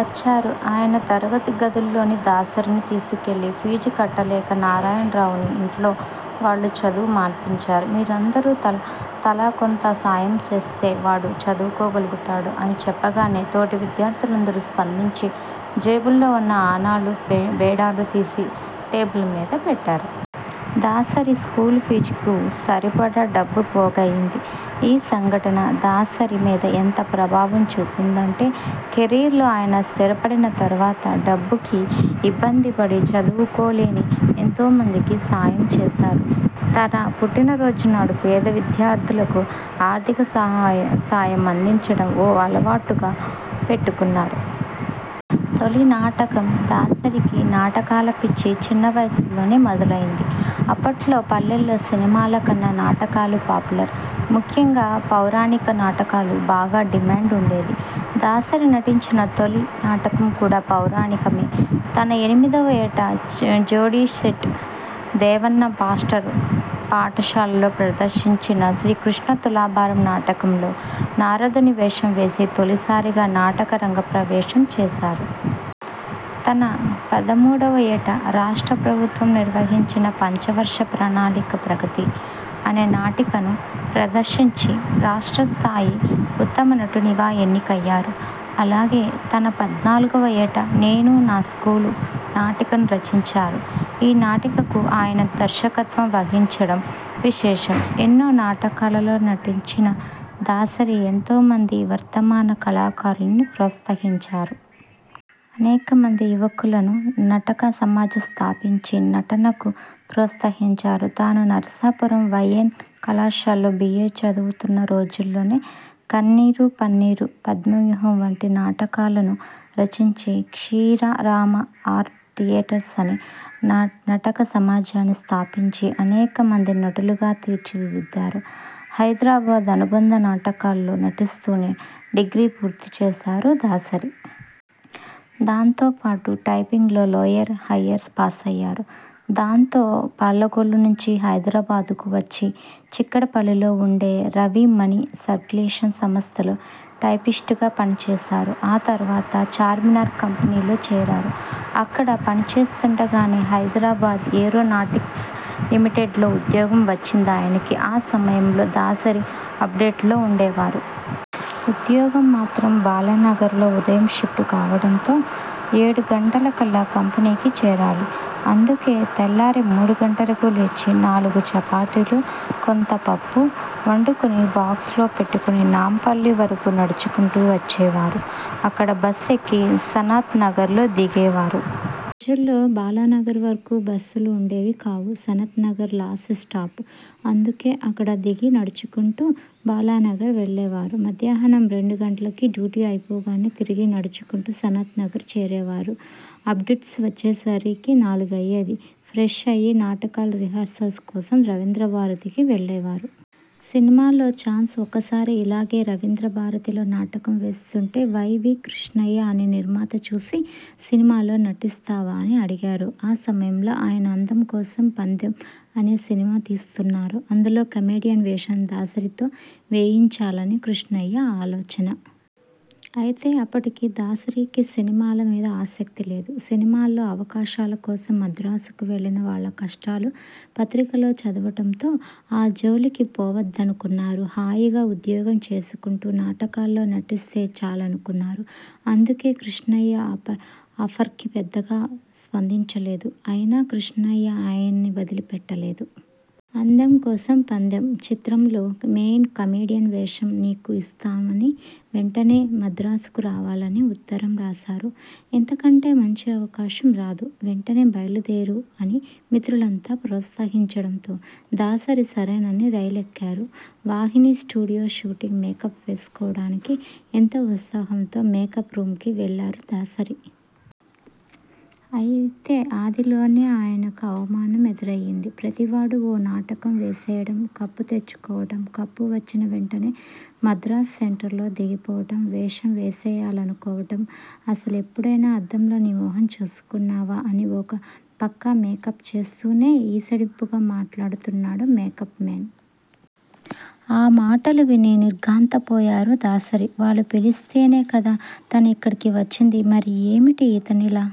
వచ్చారు. ఆయన తరగతి గదిలోకి దాసరిని తీసుకెళ్లి 'ఫీజు కట్టలేక నారాయణరావుని ఇంట్లో వాళ్లు చదువు మాన్పించారు. మీరందరూ తలా కొంత సాయం చేస్తే వాడు చదువుకోగలుగుతాడు' అని చెప్పగానే తోటి విద్యార్థులందరూ స్పందించి జేబులో ఉన్న అణాలు, బేడాలు తీసి టేబుల్ మీద పెట్టారు. దాసరి స్కూల్ ఫీజుకి సరిపడా డబ్బు పోగయింది. ఈ సంఘటన దాసరి మీద ఎంత ప్రభావం చూపిందంటే కెరీర్లో ఆయన స్థిరపడిన తర్వాత డబ్బుకి ఇబ్బంది పడి చదువుకోలేని ఎంతోమందికి సాయం చేశారు. తన పుట్టిన రోజు నాడు పేద విద్యార్థులకు ఆర్ధిక సహాయం సాయం అందించడం ఓ అలవాటుగా పెట్టుకొన్నారు. తొలి నాటకం దాసరికి నాటకాలపిచ్చి చిన్న వయసులోనే మొదలైంది. అప్పట్లో పల్లెల్లో సినిమాల కన్నా నాటకాలే పాపులర్. ముఖ్యంగా పౌరాణిక నాటకాలు బాగా డిమాండ్ ఉండేది. దాసరి నటించిన తొలి నాటకం కూడా పౌరాణికమే. తన ఎనిమిదివ ఏట చోడిశెట్టి దేవన్న మాస్టారు పాఠశాలలో ప్రదర్శించిన 'శ్రీకృష్ణతులాభారం' నాటకంలో నారదుని వేషం వేసి తొలిసారిగా నాటక రంగ ప్రవేశం చేశారు.. తన పదమూడువ ఏట రాష్ట్ర ప్రభుత్వం నిర్వహించిన 'పంచవర్ష ప్రణాళికా ప్రగతి' అనే నాటికను ప్రదర్శించి రాష్ట్రస్థాయి ఉత్తమ నటునిగా ఎన్నికయ్యారు. అలాగే తన పద్నాలుగువ ఏట 'నేను-నా స్కూలు' నాటికను రచించారు. ఈ నాటికకు ఆయనే దర్శకత్వం వహించడం విశేషం. ఎన్నో నాటకాలలో నటించిన దాసరి ఎంతో మంది వర్ధమాన కళాకారుల్ని ప్రోత్సహించారు. అనేక మంది యువకులను నాటక సమాజం స్థాపించి నటనకు ప్రోత్సహించారు. తాను నరసాపురం వైఎన్ కళాశాలలో బిఏ చదువుతున్న రోజులలోనే కన్నీరు-పన్నీరు, పద్మవ్యూహం వంటి నాటకాలను రచించి, క్షీరారామ ఆర్ట్ ధియేటర్స్ అనే నాటక సమాజాన్ని స్థాపించి అనేక మందిని నటులుగా తీర్చి దిద్దారు. హైదరాబాద్తో అనుబంధంనాటకాల్లో నటిస్తునే డిగ్రీ పూర్తి చేశారు దాసరి. దాంతో పాటు టైపింగ్లో లోయర్, హయ్యర్ పాసయ్యారు. దాంతో పాలకొల్లు నుంచి హైదరాబాద్కు వచ్చి చిక్కడపల్లిలో ఉండే 'రవి మనీ సర్కులేషన్' సంస్థలో టైపిస్టుగా పనిచేశారు. ఆ తర్వాత చార్మినార్ కంపెనీలో చేరారు. అక్కడ పనిచేస్తుండగానే హైదరాబాద్ ఏరో నాటిక్స్ లిమిటెడ్లో ఉద్యోగం వచ్చిందాయనకి. ఆ సమయంలో దాసరి ఆబిడ్స్లో ఉండేవారు. ఉద్యోగం మాత్రం బాలానగర్లో. ఉదయం షిఫ్ట్ కావడంతో ఏడు గంటలకల్లా కంపెనీకి చేరాలి. అందుకే తెల్లారి మూడు గంటలకు లేచి నాలుగు చపాతీలు, కొంత పప్పు వండుకొని బాక్స్లో పెట్టుకొని నాంపల్లి వరకూ నడుచుకొంటూ వచ్చేవారు. అక్కడ బస్ ఎక్కి సనత్ నగర్లో దిగే వారు. ఆ రోజుల్లో బాలానగర్ వరకూ బస్సులు ఉండేవి కావు. Sanath Nagar last stop. అందుకే అక్కడ దిగి నడుచుకొంటూ బాలానగర్ వెళ్లేవారు. మధ్యాహ్నం రెండు గంటలకి డ్యూటీ అయిపోగానే తిరిగి నడుచుకొంటూ సనత్ నగర్ చేరేవారు. అబిడ్స్కి వచ్చేసరికి నాలుగయ్యేది. ఫ్రెష్ అయి నాటకాల రిహార్సల్స్ కోసం రవీంద్రభారతికి వెళ్లేవారు. సినిమాల్లో ఛాన్స్ఒకసారి ఇలాగే రవీంద్రభారతిలో నాటకం వేస్తుంటే వై. వి. కృష్ణయ్య అనే నిర్మాత చూసి 'సినిమాల్లో నటిస్తావా? ' అని అడిగారు. ఆ సమయంలో ఆయన 'అందం కోసం పందెం' అనే సినిమా తీస్తున్నారు. అందులో కమెడియన్ వేషం దాసరితో వేయించాలని కృష్ణయ్య ఆలోచన. అయితే అప్పటికి దాసరికి సినిమాల మీద ఆసక్తిలేదు. సినిమాల్లో అవకాశాల కోసం మద్రాసుకి వెళ్లిన వాళ్ల కష్టాలు పత్రికల్లో చదవడంతో ఆ జోలికి పోవద్దనుకొన్నారు. హాయిగా ఉద్యోగం చేసుకొంటూ నాటకాల్లో నటిస్తే చాలుకొన్నారు. అందుకే కృష్ణయ్య ఆఫర్కి పెద్దగా స్పందించలేదు. అయినా కృష్ణయ్య ఆయన్ని వదిలిపెట్టలేదు. 'అందం కోసం పందెం' చిత్రంలో మెయిన కమెడియన్ వేషం నీకు ఇస్థామనీ, వెంటనే మద్రాసు రావాలనీ ఉత్తరం రాశారు. 'ఇంతకంటే మంచి అవకాశం రాదు. వెంటనే బయలుదేరు' అని మిత్రులంతా ప్రోత్సహించడంతో దాసరి సరేనని రైలెక్కారు. వాహినీ స్టూడియో షూటింగ్.. మేకప్ వేసుకోవడానికి ఎంతో ఉత్సాహంతో మేకప్ రూమ్కి వెళ్లారు దాసరి. అయితే ఆదిలోనే ఆయనకు అవమానం ఎదురైంది. 'ప్రతి వాడూ ఓ నాటకం వేసేయడం, కప్పు తెచ్చుకోవడం, కప్పు వచ్చిన వెంటనే మద్రాసు సెంట్రల్లో దిగిపోవడం, వేషం వేసేయాలనుకోవడం అసలెప్పుడైనా అద్దంలో నీ మొహం చూసుకొన్నావా? ' అని ఓ పక్క మేకప్ చేస్తూనే ఈసడింపుగా మాట్లాడుతున్నాడు మేకప్ మేన్. ఆ మాటలు విని నిర్ఘాంతపోయారు దాసరి. వాళ్లు పిలిస్తేనే కదా తను ఇక్కడికి వచ్చింది? మరి ఏమిటీ ఇతనిలా